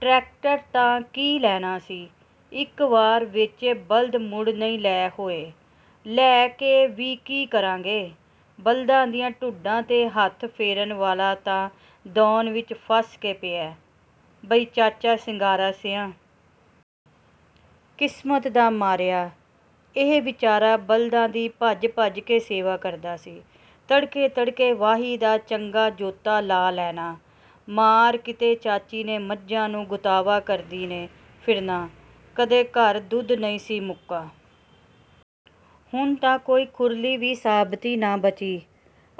Tractor ਤਾਂ ਕੀ ਲੈਣਾ ਸੀ। ਇੱਕ ਵਾਰ ਵੇਚੇ ਬਲਦ ਮੁੜ ਨਈਂ ਲੈ ਹੋਏ। ਲੈ ਕੇ ਵੀ ਕੀ ਕਰਾਂਗੇ? ਬਲਦਾਂ ਦੀਆਂ ਢੁੱਠਾਂ 'ਤੇ ਹੱਥ ਫੇਰਨ ਵਾਲਾ ਤਾਂ ਦੌਣ ਵਿੱਚ ਫ਼ਸ ਕੇ ਪਿਆ। ਬਈ ਚਾਚਾ ਸ਼ਿੰਗਾਰਾ ਸਿਆਂ। ਕਿਸਮਤ ਦਾ ਮਾਰਿਆ—। " ਇਹ ਵਿਚਾਰਾ ਬਲਦਾਂ ਦੀ ਭੱਜ-ਭੱਜ ਕੇ ਸੇਵਾ ਕਰਦਾ ਸੀ। ਤੜਕੇ-ਤੜਕੇ ਵਾਹੀ ਦਾ ਚੰਗਾ ਜੋਤਾ ਲਾ ਲੈਣਾਂ। ਮਾਰ ਕਿਤੇ ਚਾਚੀ ਨੇ ਮੱਝਾਂ ਨੂੰ ਗੁਤਾਵਾ ਕਰਦੀ ਨੇ ਫਿਰਨਾ। ਕਦੇ ਘਰ ਦੁੱਧ ਨਈਂ ਸੀ ਮੁੱਕਾ। ਹੁਣ ਤਾਂ ਕੋਈ ਖੁਰਲੀ ਵੀ ਸਾਬਤੀ ਨਾ ਬਚੀ।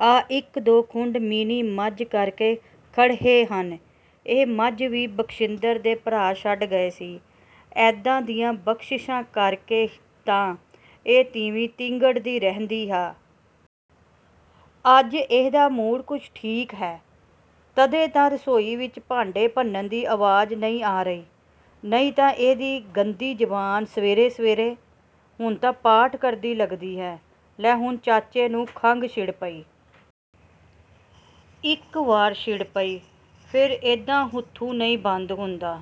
ਆਹ ਇੱਕ ਦੋ ਖੁੰਢ ਮੀਣੀ ਮੱਝ ਕਰਕੇ ਖੜ੍ਹ੍ਹੇ ਹਨ। ਇਹ ਮੱਝ ਵੀ ਬਖਸ਼ਿੰਦਰ ਦੇ ਭਰਾ ਛੱਡ ਗਏ ਸੀ। ਐਦਾਂ ਦੀਆਂ 'ਬਖ਼ਸ਼ਿਸ਼ਾਂ' ਕਰਕੇ ਤਾਂ ਇਹ ਤੀਵੀਂ ਤੀਂਗੜ੍ਹਦੀ ਰਹਿੰਦੀ ਆ। ਅੱਜ ਇਹਦਾ ਮੂਡ ਕੁੱਛ ਠੀਕ ਹੈ। ਤਦੇ ਤਾਂ ਰਸੋਈ 'ਚ ਭਾਂਡੇ ਭੰਨਣ ਦੀ ਆਵਾਜ਼ ਨਈਂ ਆ ਰਹੀ। ਨਈਂ ਤਾਂ ਇਹਦੀ ਗੰਦੀ ਜ਼ੁਬਾਨ ਸਵੇਰੇ-ਸਵੇਰੇ…। ਹੁਣ ਤਾਂ ਪਾਠ ਕਰਦੀ ਲਗਦੀ ਹੈ। ਲੈ ਹੁਣ ਚਾਚੇ ਨੂੰ ਖੰਘ ਛਿੜ ਪਈ। ਇੱਕ ਵਾਰ ਛਿੜ ਪਈ, ਫ਼ੇਰ ਇ੍ਹਦਾ ਹੁੱਥੂ ਨਈਂ ਬੰਦ ਹੁੰਦਾ।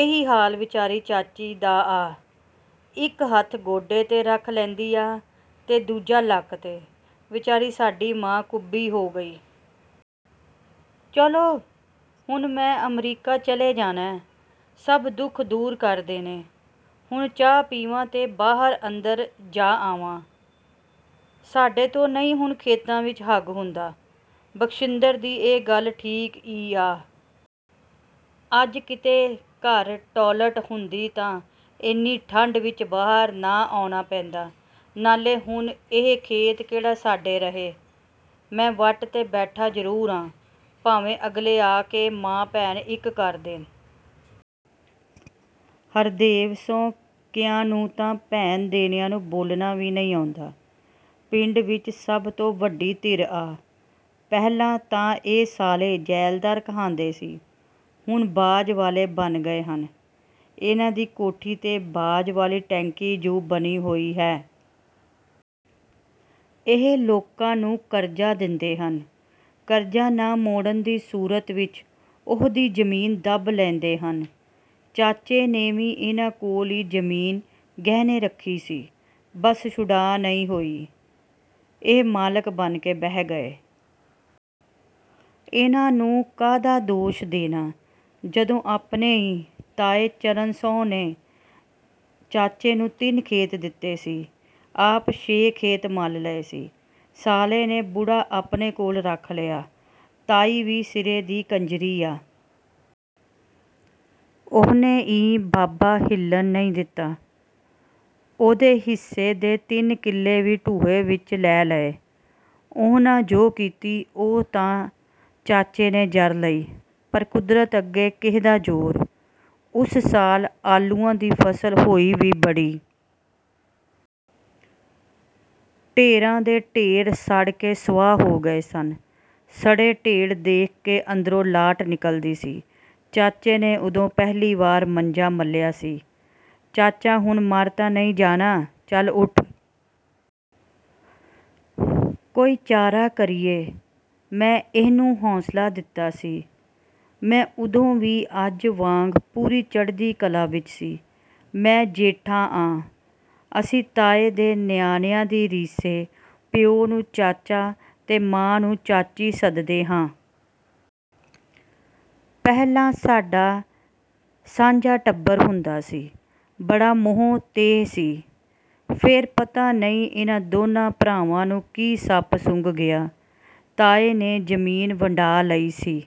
ਏਹੀ ਹਾਲ ਵਿਚਾਰੀ ਚਾਚੀ ਦਾ ਆ। ਇੱਕ ਹੱਥ ਗੋਡੇ 'ਤੇ ਰੱਖ ਲੈਂਦੀ ਆ ਤੇ ਦੂਜਾ ਲੱਕ 'ਤੇ। ਵਿਚਾਰੀ ਸਾਡੀ ਮਾਂ ਕੁੱਬੀ ਹੋ ਗਈ! ਚਲੋ… ਹੁਣ ਮੈਂ ਅਮਰੀਕਾ ਚਲੇ ਜਾਣਾ। ਸੱਭ ਦੁੱਖ ਦੂਰ ਕਰ ਦੇਣੇ। ਹੁਣ ਚਾਹ ਪੀਵਾਂ ਤੇ ਬਾਹਰ-ਅੰਦਰ ਜਾ ਆਵਾਂ। "ਸਾਡੇ ਤੋਂ ਨਈਂ ਹੁਣ ਖੇਤਾਂ 'ਚ ਹੱਗ ਹੁੰਦਾ। " ਬਖਸ਼ਿੰਦਰ ਦੀ ਇਹ ਗੱਲ ਠੀਕ ਈ ਆ। ਅੱਜ ਕਿਤੇ ਘਰ ਟੋਲਟ ਹੁੰਦੀ ਤਾਂ ਐਨੀ ਠੰਢ 'ਚ ਬਾਹਰ ਨਾ ਆਉਣਾ ਪੈਂਦਾ। ਨਾਲੇ ਹੁਣ ਇਹ ਖੇਤ ਕਿਹੜਾ ਸਾਡੇ ਰਹੇ। ਮੈਂ ਵੱਟ ਤੇ ਬੈਠਾ ਜ਼ਰੂਰ ਆਂ। ਭਾਵੇਂ ਅਗਲੇ ਆ ਕੇ ਮਾਂ ਭੈਣ ਇੱਕ ਕਰ ਦੇਣ। ਹਰਦੇਵ ਸੁੰਹ ਕਿਆਂ ਨੂੰ ਤਾਂ ਭੈਣ ਦੇਣਿਆਂ ਨੂੰ ਬੋਲਣਾ ਵੀ ਨਈਂ ਆਉਂਦਾ। ਪਿੰਡ ਵਿੱਚ ਸੱਭ ਤੋਂ ਵੱਡੀ ਧਿਰ ਆ। ਪਹਿਲਾਂ ਤਾਂ ਇਹ ਸਾਲੇ ਜ਼ੈਲਦਾਰ ਕਹਾਂਦੇ ਸੀ, ਹੁਣ ਬਾਜ਼ ਵਾਲੇ ਬਣ ਗਏ ਹਨ। ਇਨ੍ਹਾਂ ਦੀ ਕੋਠੀ 'ਤੇ ਬਾਜ਼ ਵਾਲੀ ਟੈਂਕੀ ਜੂੰ ਬਣੀ ਹੋਈ ਹੈ। ਇਹ ਲੋਕਾਂ ਨੂੰ ਕਰਜ਼ਾ ਦਿੰਦੇ ਹਨ। ਕਰਜ਼ਾ ਨਾ ਮੋੜਨ ਦੀ ਸੂਰਤ ਵਿਚ, ਉਹਦੀ ਜ਼ਮੀਨ ਦੱਬ ਲੈਂਦੇ ਹਨ। ਚਾਚੇ ਨੇ ਵੀ ਇਨ੍ਹਾਂ ਕੋਲ ਈ ਜ਼ਮੀਨ ਗਹਿਣੇ ਰੱਖੀ ਸੀ। ਬੱਸ ਛੁਡਾ ਨਈਂ ਹੋਈ। ਇਹ ਮਾਲਕ ਬਣ ਕੇ ਬਹਿ ਗਏ। ਇਨ੍ਹਾਂ ਨੂੰ ਕਾਹਦਾ ਦੋਸ਼ ਦੇਣਾ। ਜਦੋਂ ਆਪਣੇ ਈ…! ਤਾਏ ਚਰਨ ਸੁੰਹ ਨੇ ਚਾਚੇ ਨੂੰ ਤਿੰਨ ਖੇਤ ਦਿੱਤੇ ਸੀ। ਆਪ ਛੇ ਖੇਤ ਮੱਲ ਲਏ ਸੀ। ਸਾਲੇ ਨੇ ਬੁੜਾ ਆਪਣੇ ਕੋਲ ਰੱਖ ਲਿਆ। ਤਾਈ ਵੀ ਸਿਰੇ ਦੀ ਕੰਜ਼ਰੀ ਆ। ਉਹਨੇ ਈ ਬਾਬਾ ਹਿੱਲਣ ਨਈਂ ਦਿੱਤਾ। ਉਹਦੇ ਹਿੱਸੇ ਦੇ ਤਿੰਨ ਕਿੱਲੇ ਵੀ ਢੂਹੇ 'ਚ ਲੈ ਲਏ। ਉਹਨਾਂ ਜੋ ਕੀਤੀ, ਉਹ ਤਾਂ ਚਾਚੇ ਨੇ ਜ਼ਰ ਲਈ। ਪਰ ਕੁਦਰਤ ਅੱਗੇ ਕਿਹਦਾ ਜ਼ੋਰ। ਉਸ ਸਾਲ ਆਲੂਆਂ ਦੀ ਫ਼ਸਲ ਹੋਈ ਵੀ ਬੜੀ। ਢੇਰਾਂ ਦੇ ਢੇਰ ਸੜ ਕੇ ਸੁਆਹ ਹੋ ਗਏ ਸਨ। ਸੜੇ ਢੇਰ ਦੇਖ ਕੇ ਅੰਦਰੋਂ ਲਾਟ ਨਿਕਲਦੀ ਸੀ। ਚਾਚੇ ਨੇ ਉਦੋਂ, ਪਹਿਲੀ ਵਾਰ ਮੰਜਾ ਮੱਲਿਆ ਸੀ। "ਚਾਚਾ ਹੁਣ ਮਰ ਤਾਂ ਨਈਂ ਜਾਣਾ।… ਚੱਲ ਉੱਠ। ਕੋਈ ਚਾਰਾ ਕਰੀਏ। " ਮੈਂ ਇਹਨੂੰ ਹੌਂਸਲਾ ਦਿੱਤਾ ਸੀ। ਮੈਂ ਉਦੋਂ ਵੀ ਅੱਜ ਵਾਂਗ ਪੂਰੀ ਚੜ੍ਹਦੀ ਕਲਾ ਵਿੱਚ ਸੀ। ਮੈਂ ਜੇਠਾ ਆਂ। ਅਸੀਂ ਤਾਏ ਦੇ ਨਿਆਣਿਆਂ ਦੀ ਰੀਸੇ ਪਿਓ ਨੂੰ ਚਾਚਾ ਤੇ ਮਾਂ ਨੂੰ ਚਾਚੀ ਸੱਦਦੇ ਹਾਂ। ਪਹਿਲਾਂ ਸਾਡਾ ਸਾਂਝਾ ਟੱਬਰ ਹੁੰਦਾ ਸੀ। ਬੜਾ ਮੋਹ ਤੇਹ ਸੀ। ਫ਼ੇਰ ਪਤਾ ਨਈਂ ਇਨ੍ਹਾਂ ਦੋਨਾਂ ਭਰਾਵਾਂ ਨੂੰ ਕੀ ਸੱਪ ਸੁੰਘ ਗਿਆ। ਤਾਏ ਨੇ ਜ਼ਮੀਨ ਵੰਡਾ ਲਈ ਸੀ।